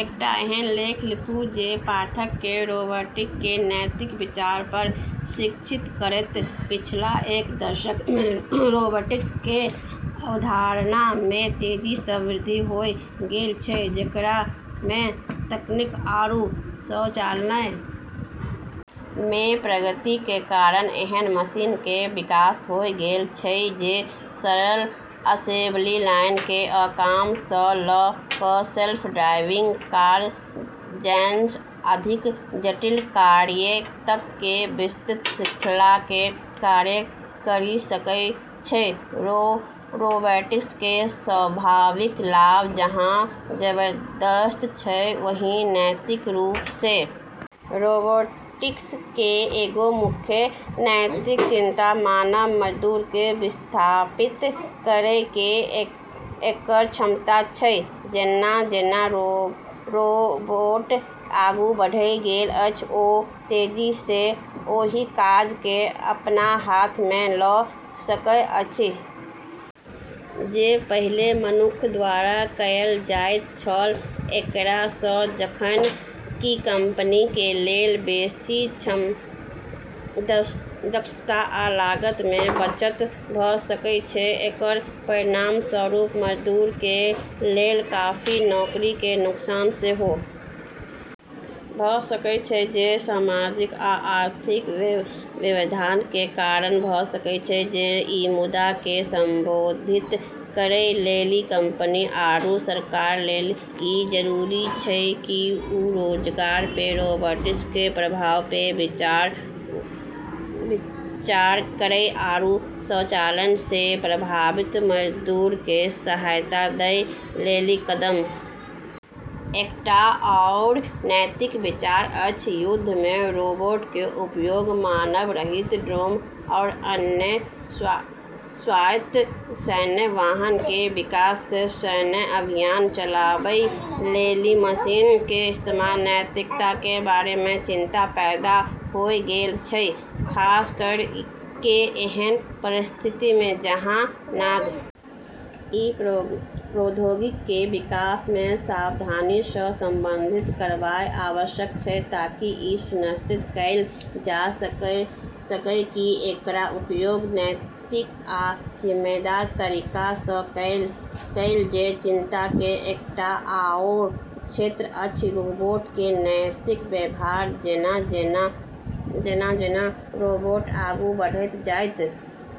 एकटा एहन लेख लिखू जे पाठक के रोबोटिक्स के नैतिक विचार पर शिक्षित करय पिछला एक दशक मे रोबोटिक्स केरऽ अवधारणा मे तेजी स॑ वृद्धि होय गेलऽ छै जेकरा मे तकनीक आरू स्वचालन मे प्रगति के कारण ऐन्हऽ मशीन के विकास होय गेलऽ छै जे सरल असेंबली लाइन केरऽ काम स ल क सेल्फ ड्राइविंग कार जैसनऽ अधिक जटिल कार्य तक के विस्तृत श्रृंखला के कार्य करी सकै छै, रोबोटिक्स केरऽ संभावित लाभ जहाँ जबरदस्त छै, वहीं नैतिक रूप से भी बहुत तरह के विचार छै जेकरा ध्यान मे रखना जरूरी छै। रोबोटिक्स केरऽ एगो मुख्य नैतिक चिंता मानव मजदूरऽ के विस्थापित करै के एकरऽ क्षमता छै जेना-जेना रोबोट आगू बढ़ैत गेल अछि ओ तेजी सं ओहि काज के अपना हाथ मे ल' सकैत अछि जे पहिने मनुक्ख द्वारा कयल जाइत छल, एकरा सं जखन कि कंपनीक कें लेल बेसि दक्षता आ लागत मे बचत भ सकय छै, एकर परिणामस्वरूप मजदूरक कें लेल काफी नौकरी कें नुकसान सेहो भ सकय छै जे सामाजिक आ आर्थिक व्यवधान कें कारण भ सकय छै, ई मुद्दा के संबोधित करै लेली कंपनी आरू सरकारऽ लेली ई जरूरी छै कि वू रोजगार पे रोबोटिक्स केरऽ प्रभाव पे विचार करै आरू स्वचालन से प्रभावित मजदूरऽ के सहायता दै लेली कदम उठाबै। एकटा आओर नैतिक विचार अछि युद्ध मे रोबोट के उपयोग मानव रहित ड्रोन आरू अन्य स्वायत्त सैन्य वाहन के विकास से सैन्य अभियान चलाबै लेली मशीन के इस्तेमाल के नैतिकता के बारे मे चिंता पैदा होय गेलऽ छै, खास करी के ऐसनऽ परिस्थिति मे जहाँ नागरिकऽ के जानमाल के खतरा छै। इ प्रौद्योगिकी कें विकास कें सावधानी सं प्रबंधित करनाय आवश्यक छै ताकि इ सुनिश्चित कैल जा सकय की एकर उपयोग नैतिक आ जिम्मेदार तरीका सं कैल जै चिंता के एकटा आओर क्षेत्र अछि रोबोट के नैतिक व्यवहार जेना-जेना रोबोट आगू बढ़ैत जाइत अछि, ओ मनुक्खक समान व्यवहार आ भावनाक प्रदर्शन करबा मे सक्षम होइत जाइत अछि।